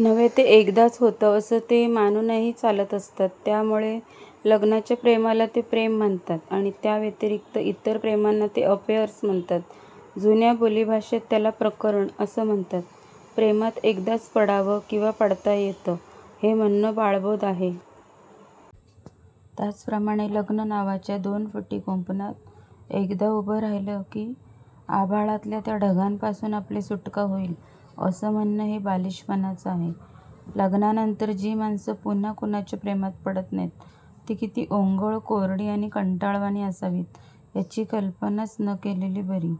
नव्हे, ते एकदाच होतं असं ते मानूनही चालत असतात. त्यामुळे लग्नाच्या प्रेमाला ते प्रेम म्हणतात आणि त्याव्यतिरिक्त इतर प्रेमांना ते अफेअर्स म्हणतात. जुन्या बोली भाषेत त्याला प्रकरण असं म्हणतात. प्रेमात एकदाच पडावं किंवा पडता येतं हे म्हणणं बाळबोध आहे. त्याचप्रमाणे लग्न नावाच्या दोन फुटी कुंपणात एकदा उभं राहिलं की, आभाळातल्या त्या ढगांपासून आपली सुटका होईल असं म्हणणं हे बालीशपणाचं आहे. लग्नानंतर जी माणसं पुन्हा कुणाच्या प्रेमात पडत नाहीत ती किती ओंगळ, कोरडी आणि कंटाळवाणी असावीत याची कल्पनाच न केलेली बरी.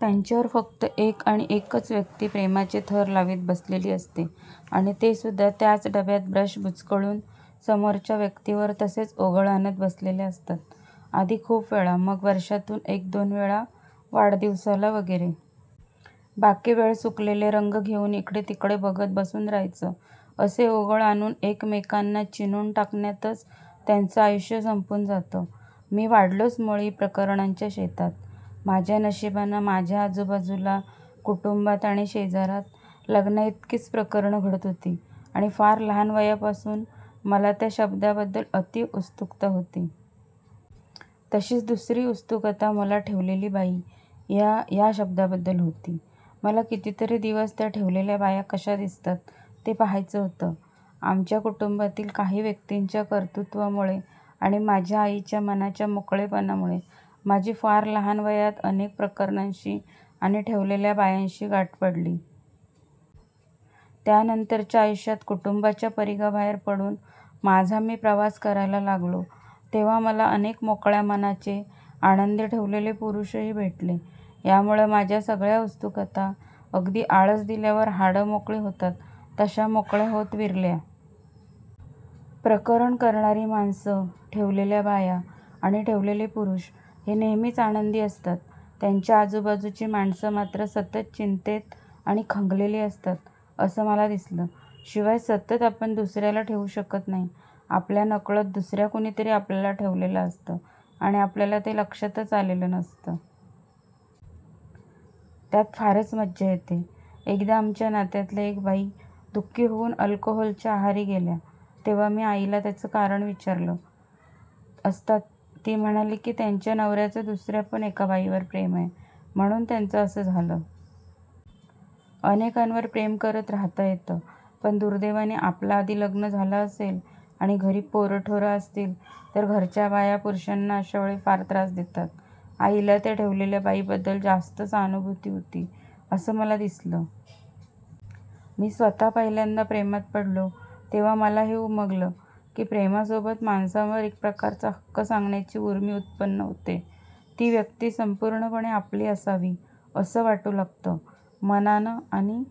त्यांच्यावर फक्त एक आणि एकच व्यक्ती प्रेमाचे थर लावीत बसलेली असते आणि तेसुद्धा त्याच डब्यात ब्रश बुचकळून समोरच्या व्यक्तीवर तसेच ओघळ आणत बसलेले असतात. आधी खूप वेळा, मग वर्षातून एक दोन वेळा वाढदिवसाला वगैरे. बाकी वेळ सुकलेले रंग घेऊन इकडेतिकडे बघत बसून राहायचं. असे ओघळ आणून एकमेकांना चिणून टाकण्यातच त्यांचं आयुष्य संपून जातं. मी वाढलोच मुळी प्रकरणांच्या शेतात. माझ्या नशिबानं माझ्या आजूबाजूला, कुटुंबात आणि शेजारात लग्नांइतकीच प्रकरणं घडत होती आणि फार लहान वयापासून मला त्या शब्दाबद्दल अतीव उत्सुकता होती. तशीच दुसरी उत्सुकता मला ठेवलेली बाई या या शब्दाबद्दल होती. मला कितीतरी दिवस त्या ठेवलेल्या बाया कशा दिसतात ते पाहायचं होतं. आमच्या कुटुंबातील काही व्यक्तींच्या कर्तृत्वामुळे आणि माझ्या आईच्या मनाच्या मोकळेपणामुळे माझी फार लहान वयात अनेक प्रकरणांशी आणि ठेवलेल्या बायांशी गाठ पडली. त्यानंतरच्या आयुष्यात कुटुंबाच्या परिघाबाहेर पडून माझा मी प्रवास करायला लागलो तेव्हा मला अनेक मोकळ्या मनाचे, आनंदी ठेवलेले पुरुषही भेटले. यामुळे माझ्या सगळ्या उत्सुकता अगदी आळस दिल्यावर हाडं मोकळी होतात तशा मोकळ्या होत विरल्या. प्रकरणं करणारी माणसं, ठेवलेल्या बाया आणि ठेवलेले पुरुष हे नेहमीच आनंदी असतात. त्यांच्या आजूबाजूची माणसं मात्र सतत चिंतेत आणि खंगलेली असतात, असं मला दिसलं. शिवाय सतत आपण दुसऱ्याला ठेवू शकत नाही. आपल्या नकळत दुसऱ्या कुणीतरी आपल्याला ठेवलेलं असतं आणि आपल्याला ते लक्षातच आलेलं नसतं. त्यात फारच मजा येते. एकदा आमच्या नात्यातल्या एक बाई दुःखी होऊन अल्कोहोलच्या आहारी गेल्या, तेव्हा मी आईला त्याचं कारण विचारलं असता ती म्हणाली की, त्यांच्या नवऱ्याचं दुसर्यापण एका बाईवर प्रेम आहे म्हणून त्यांचं असं झालं. अनेकांवर प्रेम करत राहता येतं. पण दुर्दैवानं आपलं आधी लग्न झालं असेल आणि घरी पोरंटोरं असतील तर घरच्या बाया पुरुषांना अशावेळी फार त्रास देतात. आईला त्या ठेवलेल्या बाईबद्दल जास्त सहानुभूती होती असं मला दिसलं. मी स्वतः पहिल्यांदा प्रेमात पडलो तेव्हा मला हे उमगलं की, प्रेमासोबत माणसावर एक प्रकारचा हक्क सांगण्याची ऊर्मी उत्पन्न होते. ती व्यक्ती संपूर्णपणे आपली असावी असं वाटू लागतं, मनानं आणि